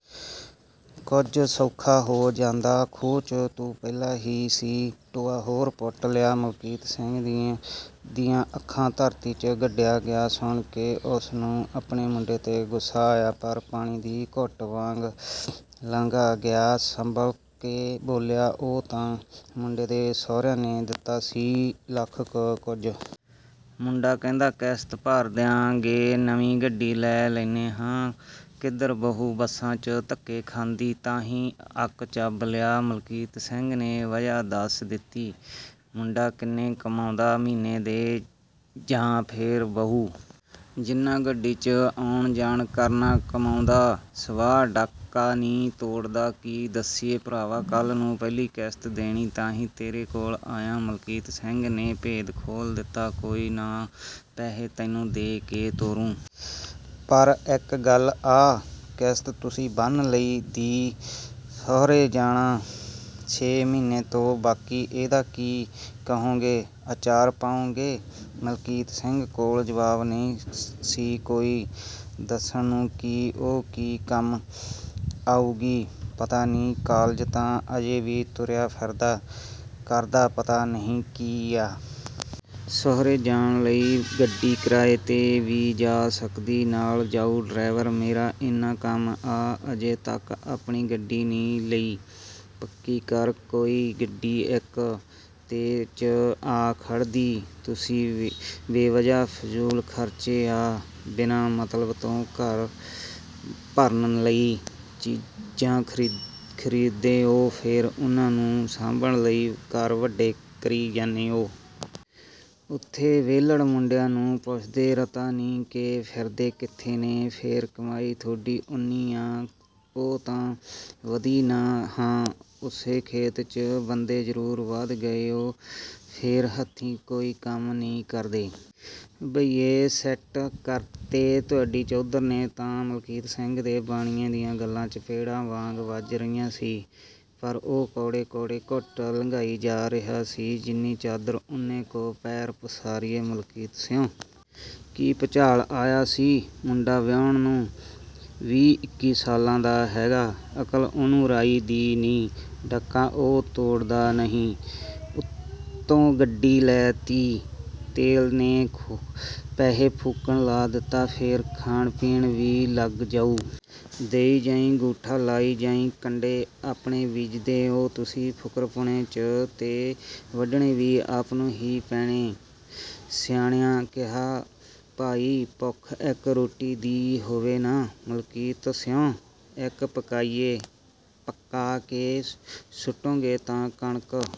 ਕੁਜ ਸੌਖਾ ਹੋ ਜਾਂਦਾ। ਖੂਹ 'ਚ ਤੂੰ ਪਹਿਲਾਂ ਹੀ ਸੀ ਟੋਆ ਹੋਰ ਪੁੱਟ ਲਿਆ।" ਮਲਕੀਤ ਸਿੰਘ ਦੀਆਂ ਅੱਖਾਂ ਧਰਤੀ 'ਚ ਗੱਡੀਆਂ ਗਿਆਂ ਸੁਣ ਕੇ। ਉਸਨੂੰ ਆਪਣੇ ਮੁੰਡੇ ਤੇ ਗੁੱਸਾ ਆਇਆ, ਪਰ ਪਾਣੀ ਦੀ ਘੁੱਟ ਵਾਂਗ ਲੰਗਾ ਗਿਆ ਸੰਭਲ ਕੇ ਬੋਲਿਆ, "ਉਹ ਤਾਂ ਮੁੰਡੇ ਦੇ ਸੌਹਰਿਆ ਨੇ ਦਿੱਤਾ ਸੀ ਲੱਖ ਕੁ ਕੁਜ। ਮੁੰਡਾ ਕਹਿੰਦਾ ਕਿਸ਼ਤ ਭਰ ਦਿਆਂਗੇ ਨਵੀਂ ਗੱਡੀ ਲੈ ਲੈਨੇ ਹਾਂ। ਕਿੱਧਰ ਬਹੂ ਬੱਸਾਂ ਚ ਧੱਕੇ ਖਾਂਦੀ, ਤਾਹੀਂ ਅੱਕ ਚੱਬ ਲਿਆ। " ਮਲਕੀਤ ਸਿੰਘ ਨੇ ਵਜ੍ਹਾ ਦੱਸ ਦਿੱਤੀ। "ਮੁੰਡਾ ਕਿੰਨੇ ਕਮਾਉਂਦਾ ਮਹੀਨੇ ਦੇ, ਜਾ ਫੇਰ ਬਹੂ? ਜਿਹਨਾਂ ਗੱਡੀ 'ਚ ਆਉਣ ਜਾਣ ਕਰਨਾ।" ਕਮਾਉਂਦਾ ਸਵਾਹ ਡੱਕਾ ਨੀ ਤੋੜਦਾ। ਕੀ ਦੱਸੀਏ ਭਰਾਵਾਂ ਕੱਲ ਨੂੰ ਪਹਿਲੀ ਕਿਸ਼ਤ ਦੇਣੀ, ਤਾਹੀ ਤੇਰੇ ਕੋਲ ਆਇਆ। ਮਲਕੀਤ ਸਿੰਘ ਨੇ ਭੇਦ ਖੋਲ ਦਿੱਤਾ। ਕੋਈ ਨਾ ਪੈਹੇ ਤੇਨੂੰ ਦੇ ਕੇ ਤੋਰੁ। ਪਰ ਇੱਕ ਗੱਲ ਆ ਕਿਸ਼ਤ ਤੁਸੀਂ ਬੰਨ ਲਈ ਦੀ, ਸੌਹਰੇ ਜਾਣਾ ਛੇ ਮਹੀਨੇ ਤੋਂ। ਬਾਕੀ ਇਹਦਾ ਕਿ ਕਰੋਂਗੇ? ਅਚਾਰ ਪਾਓਗੇ। ਮਲਕੀਤ ਸਿੰਘ ਕੋਲ ਜਵਾਬ ਨਹੀ ਸੀ ਕੋਈ ਦੱਸਣ ਨੂੰ ਕਿ ਓਹ ਕਿ ਕੰਮ ਆਊਗੀ, ਪਤਾ ਨੀ ਕਾਲਜ ਤਾਂ ਹਜੇ ਵੀ ਤੁਰਿਆ ਫਿਰਦਾ ਕਰਦਾ ਪਤਾ ਨਹੀਂ ਕੀ ਆ? "ਸੌਹਰੇ ਜਾਣ ਲਈ ਗੱਡੀ ਕਿਰਾਏ ਤੇ ਵੀ ਜਾ ਸਕਦੀ ਨਾਲ ਜਾਉ ਡਰਾਈਵਰ।" ਮੇਰਾ ਏਨਾ ਕੰਮ ਆ, ਹਜੇ ਤੱਕ ਆਪਦੀ ਗੱਡੀ ਨੀ ਲਈ। ਪੱਕੀ ਕਰ ਹੋਈ ਗੱਡੀ, ਇੱਕ ਤੇ 'ਚ ਆ ਖੜ੍ਹਦੀ। ਤੁਸੀਂ ਬੇਵਜ੍ਹਾ ਫਜ਼ੂਲ ਖਰਚਦੇ ਆ ਬਿਨਾਂ ਮਤਲਬ ਤੋਂ ਘਰ ਭਰਨ ਲਈ ਚੀਜ਼ਾਂ ਖਰੀਦਦੇ ਓ, ਫੇਰ ਓਹਨਾ ਨੂ ਸਾਂਭਣ ਲਈ ਘਰ ਵੱਡੇ ਕਰੀ ਜਾਨੇ ਓ। ਉੱਤੋਂ ਵੇਹਲੜ ਮੁੰਡਿਆਂ ਨੂੰ ਪੁੱਛਦੇ ਰਤਾ ਨੀ ਕੇ ਫਿਰਦੇ ਕਿੱਥੇ ਨੇ? ਫੇਰ ਕਮਾਈ ਥੋਡੀ ਓਨੀ ਆ। ਉਹ ਤਾਂ ਵਧੀ ਨਾਂ, ਹਾਂ ਓਸੇ ਖੇਤ ਚ ਬੰਦੇ ਜਰੂਰ ਵੱਧ ਗਏ ਓ, ਫ਼ੇਰ ਹੱਥੀਂ ਕੋਈ ਕੱਮ ਨੀ ਕਰਦੇ। ਬਈ ਏ ਸੈੱਟ ਕਰਤੇ ਤੁਹਾਡੀ ਚੌਧਰ ਨੇਂ ਤਾਂ। " ਮਲਕੀਤ ਸਿੰਘ ਦੇ ਬਾਣੀਏ ਦੀਆਂ ਗੱਲਾਂ ਚਪੇੜਾਂ ਵਾਂਗ ਵੱਜ ਰਹੀਆਂ ਸੀ, ਪਰ ਓਹ ਕੌੜੇ-ਕੌੜੇ ਘੁੱਟ ਲੰਗਾਈ ਜਾ ਰਿਹਾ ਸੀ"। ਜਿੰਨੀ ਚਾਦਰ ਓਨੇ ਕੂ ਪੈਰ ਪਸਾਰੀਏ ਮਲਕੀਤ ਸੀਆਂ। ਕੀ ਭੁਚਾਲ ਆਇਆ ਸੀ? ਮੁੰਡਾ ਵਿਹਾਉਣ ਨੂੰ। ਵੀਹ-ਇੱਕੀ ਸਾਲਾਂ ਦਾ ਹੈਗਾ, ਅਕਲ਼ ਓਹਨੂੰ ਰਾਈ ਦੀ ਨੀ। ਡੱਕਾ ਉਹ ਤੋੜਦਾ ਨਹੀਂ, ਉੱਤੋਂ ਗੱਡੀ ਲੈ ਤੀ। ਤੇਲ ਨੇ ਪੈਹੇ ਫੂਕਣ ਲਾ ਦਿੱਤਾ, ਫੇਰ ਖਾਣ ਪੀਣ ਵੀ ਲੱਗ ਜਾਉ। ਦੇਈ ਜਾਈ, ਗੂਠਾ ਲਾਈ ਜਾਈ। ਕੰਡੇ ਆਪੇ ਬੀਜਦੇ ਓ ਤੁਸੀਂ ਫੁਕਰਪੁਣੇ 'ਚ, ਤੇ ਵੱਢਣੇ ਵੀ ਆਪ ਨੂੰ ਹੀ ਪੈਣੇ। ਸਿਆਣਿਆਂ ਕਿਹਾ ਭਾਈ ਭੁੱਖ ਇੱਕ ਰੋਟੀ ਦੀ ਹੋਵੇ ਨਾਂ ਮਲਕੀਤ ਸੀਆਂ, ਇੱਕੋ ਪਕਾਈਏ। ਪੱਕਾ ਕੇ ਸੁੱਟੋਗੇ ਤਾਂ ਕਣਕ